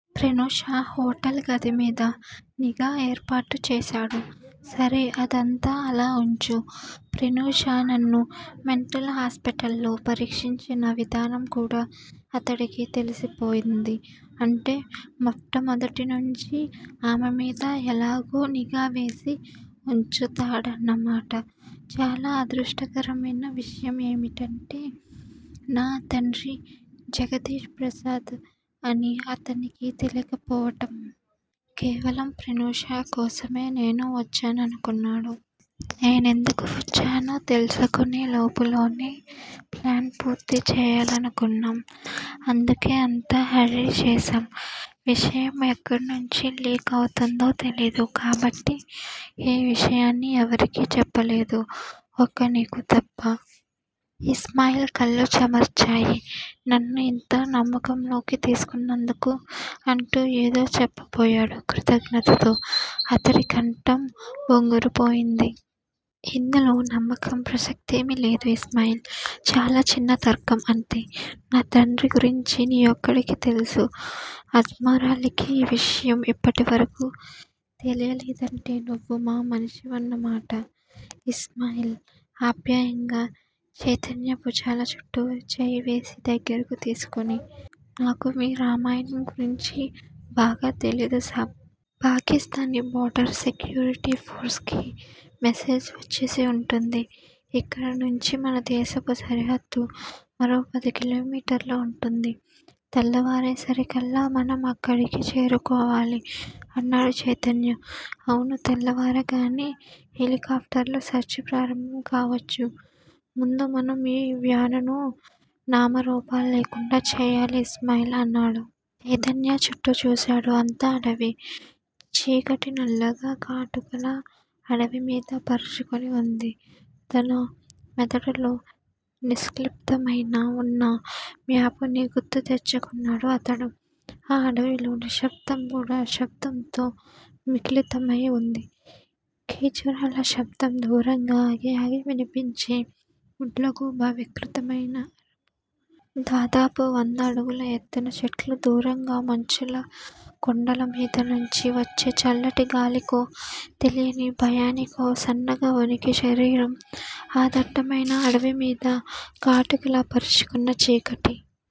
Pranusha hotel గది మీద నిఘా ఏర్పాటు చేశాడు. సరే- అదంతా అలా వుంచు. ప్రనూష నన్ను మెంటల్ హాస్పిటల్లో పరీక్షించిన విధానం కూడా అతడికి తెలిసిపోయింది. అంటే- మొట్టమొదటినుంచీ ఆమెమీద ఎలాగో నిఘావేసి వుంచాడన్నమాట. చాలా అదృష్టకరమైన విషయం ఏమిటంటే- నా తండ్రి జగదీష్ ప్రసాద్ అని అతనికి తెలియకపోవటం! కేవలం ప్రనూష కోసమే నేను వచ్చాననుకున్నాడు. నేనెందుకు వచ్చానో తెలుసుకునే లోపులోనే ప్లాను పూర్తి చేయాలనుకున్నాం. అందుకే అంతా హర్రీ చేశాం. విషయం ఎక్కడనుంచి 'లీక్' అవుతుందో తెలీదు. కాబట్టి ఈ విషయాన్ని ఎవరికీ చెప్పలేదు. ఒక్క నీకు తప్ప! ఇస్మాయిల్ కళ్ళు చెమర్చాయి. నన్ను యింత నమ్మకంలోకి తీసుకున్నందుకు- అంటూ ఏదో చెప్పబోయాడు కృతజ్ఞతతో అతడి కంఠం బొంగురుపోయింది. ఇందులో నమ్మకం ప్రసక్తేమీ లేదు ఇస్మాయిల్. చాలా చిన్న తర్కం అంతే! నా తండ్రి గురించీ నీ ఒక్కడికి తెలుసు. అజ్మరాలీకి ఈ విషయం ఇప్పటివరకూ తెలియలేదంటే- నువ్వు మా మనిషివన్నమాట. ఇస్మాయిల్ ఆప్యాయంగా చైతన్య భుజాల చుట్టూ చెయ్యి వేసి దగ్గరకు తీసుకుని- నాకు మీ రామాయణం గురించి బాగా తెలీదు సాబ్! పాకిస్తానీ బోర్డర్ సెక్యూరిటీ ఫోర్స్ కి మెసేజ్ వచ్చేసి వుంటుంది. ఇక్కడ నుంచి మనదేశపు సరిహద్దు మరో పది కిలోమీటర్లు వుంటుంది. తెల్లవారేసరికల్లా మనం అక్కడికి చేరుకోవాలి అన్నాడు చైతన్య. అవును తెల్లవారగానే హెలికాప్టర్లు సెర్చి ప్రారంభం కావొచ్చు. ముందు మనం ఈ వ్యానును నామరూపాల్లేకుండా చేయాలి ఇస్మాయిల్ అన్నాడు. చైతన్య చుట్టూ చూశాడు. అంతా అడవి! చీకటి నల్లగా, కాటుకలా అడవిమీద పరుచుకుని వుంది. తన మెదడులో నిక్షిప్తమై వున్న మ్యాపుని గుర్తు తెచ్చుకుంటున్నాడు అతడు. ఆ అడవిలో నిశ్శబ్దం కూడా శబ్దంతో మిళితమై వుంది. కీచురాళ్ళ శబ్దం దూరంగా ఆగి ఆగి వినిపించే గుడ్లగూబ వికృతమైన అరుపు దాదాపు వంద అడుగుల ఎత్తున చెట్లు- దూరంగా మంచుకొండల మీద నుంచి వచ్చే చల్లటి గాలికో, తెలియని భయానికో సన్నగా వణికే శరీరం ఆ దట్టమైన అడవిమీద కాటుకలా పరుచుకున్న చీకటి.